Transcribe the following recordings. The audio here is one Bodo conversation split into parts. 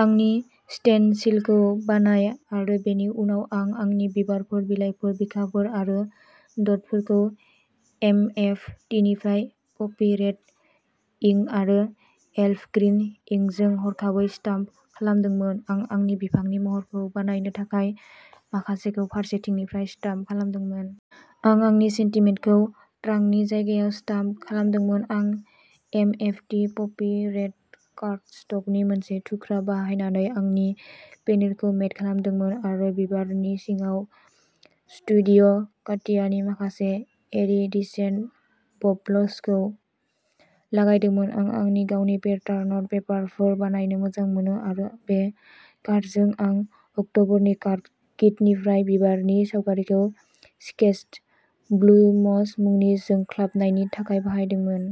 आंनि स्टेनसिलखौ बानाय, आरो बेनि उनाव आं आंनि बिबारफोर, बिलाइफोर, बिखाफोर आरो द'टफोरखौ एमएफटिनिफ्राय पपि रेड इंक आरो एल्फ ग्रीन इंकजों हरखाबै स्टाम्प खालामदोंमोन। आं आंनि बिफांनि महरखौ बानायनो थाखाय माखासेखौ फारसेथिंनिफ्राय स्टाम्प खालामदोंमोन। आं आंनि सेन्टिमेन्टखौ ट्रांकनि जायगायाव स्टाम्प खालामदोंमोन। आं एमएफटि पपि रेड कार्डस्टकनि मोनसे थुख्रा बाहायनानै आंनि पेनेलखौ मेट खालामदोंमोन आरो बिबारनि सिङाव स्टुडिय'काटियानि माखासे इरिडिसेन्ट बबल्सखौ लागायदोंमोन। आं आंनि गावनि पेटार्न पेपारफोर बानायनो मोजां मोनो, आरो बे कार्डजों, आं अक्ट'बरनि कार्ड किटनिफ्राय बिबारनि सावगारिखौ स्केच्ड ब्लुमस मुंनि जोंख्लाबनायनि थाखाय बाहायदोंमोन।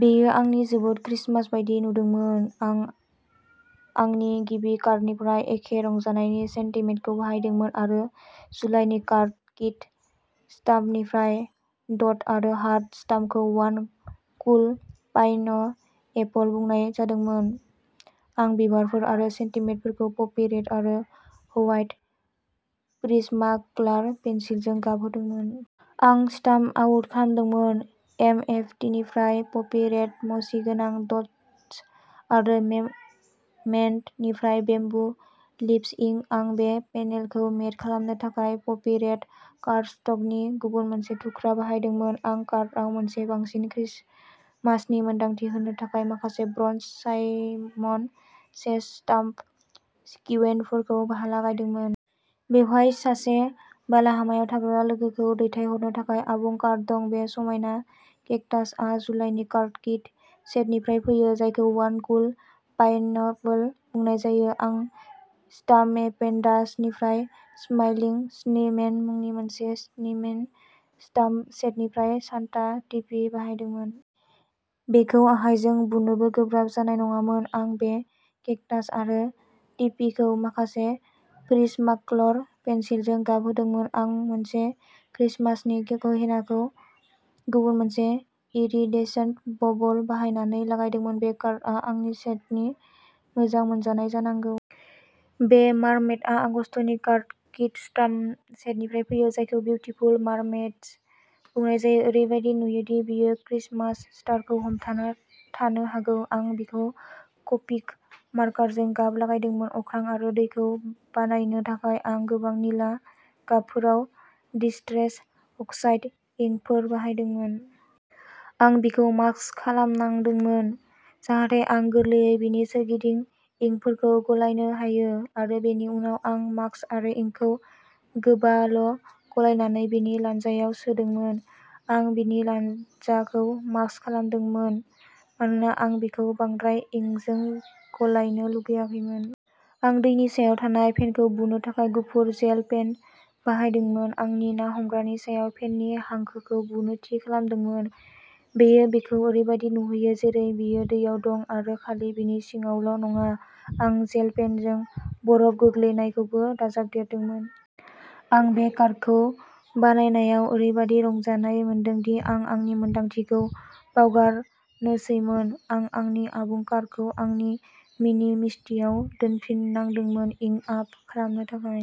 बेयो आंनो जोबोद क्रिसमास बायदि नुदोंमोन। आं आंनि गिबि कार्डनिफ्राय एखे रंजानायनि सेन्टिमेन्टखौ बाहायदोंमोन, आरो जुलाइनि कार्ड किट स्टाम्पनिफ्राय डट आरो हार्ट स्टाम्पखौ वान कुल पाइनएपल बुंनाय जादोंमोन। आं बिबारफोर आरो सेन्टिमेन्टफोरखौ पपि रेड आरो व्हाइट प्रिज्माकलार पेन्सिलजों गाब होदोंमोन। आं स्टाम्प आउट खालामदोंमोन। एमएफटिनिफ्राय पपि रेड मसी गोनां द'ट्स आरो मेमेन्ट'निफ्राय बेम्बु लिभ्स इंक। आं बे पेनेलखौ मेट खालामनो थाखाय पपि रेड कार्डस्टकनि गुबुन मोनसे थुख्रा बाहायदोंमोन। आं कार्डआव मोनसे बांसिन क्रिसमासनि मोनदांथि होनो थाखाय माखासे ब्रन्ज साइमन सेस स्टाम्प सिक्विनफोरखौ लागायदोंमोन। बेहाय सासे बालाहामायाव थाग्रा लोगोखौ दैथायहरनो थाखाय आबुं कार्ड दं। बे समायना केक्टासआ जुलाइनि कार्ड किट सेटनिफ्राय फैयो, जायखौ वान कुल पाइनएपल बुंनाय जायो। आं स्टाम्पेनडासनिफ्राय स्माइलिं स्नोमेन मुंनि मोनसे स्नोमेन स्टाम्प सेटनिफ्राय सान्ता टोपी बाहायदोंमोन। बेखौ आखायजों बुनोबो गोब्राब जानाय नङामोन। आं बे केक्टास आरो टोपीखौ माखासे प्रिज्माकलर पेन्सिलजों गाब होदोंमोन। आं मोनसे क्रिसमासनि गहेनाखौ गुबुन मोनसे इरिडेसेन्ट बबल बाहायनानै लागायदोंमोन। बे कार्डआ आंनि सेटनि मोजां मोनजानाय जानांगौ। बे मार्मेडआ आगस्तनि कार्ड किट स्टाम्प सेटनिफ्राय फैयो, जायखौ ब्यूटीफुल मार्मेइड्स बुंनाय जायो। ओरैबादि नुयोदि बियो क्रिसमास स्टारखौ हमथाना थानो हागौ। आं बिखौ क'पिक मार्कारजों गाब लागायदोंमोन। अख्रां आरो दैखौ बानायनो थाखाय, आं गोबां निला गाबफोराव डिस्ट्रेस अक्साइड इंकफोर बाहायदोंमोन। आं बिखौ मास्क खालामनांदोंमोन जाहाथे आं गोरलैयै बिनि सोरगिदिं इंकफोरखौ गलायनो हायो, आरो बेनि उनाव आं मास्क आरो इंकखौ गोबाल'गलायनानै बिनि लानजायाव सोदोंमोन। आं बिनि लानजाखौ मास्क खालामदोंमोन मानोना आं बेखौ बांद्राय इंकजों गलायनो लुगैाखैमोन। आं दैनि सायाव थानाय फेनखौ बुनो थाखाय गुफुर जेल पेन बाहायदोंमोन, आंनि ना हमग्रानि सायाव फेननि हांखोखौ बुनो थि खालामदोंमोन। बेयो बिखौ ओरैबादि नुहोयो जेरै बियो दैयाव दं आरो खालि बिनि सिगाङावल'नङा। आं जेल पेनजों बरफ गोग्लैनायखौबो दाजाबदेरदोंमोन। आं बे कार्डखौ बानायनायाव ओरैबादि रंजानाय मोनदों दि आं आंनि मोनदांथिखौ बावगारनोसैमोन। आं आंनि आबुं कार्डखौ आंनि मिनि मिस्टिआव दोनफिननांदोंमोन इंक आप खालामनो थाखाय।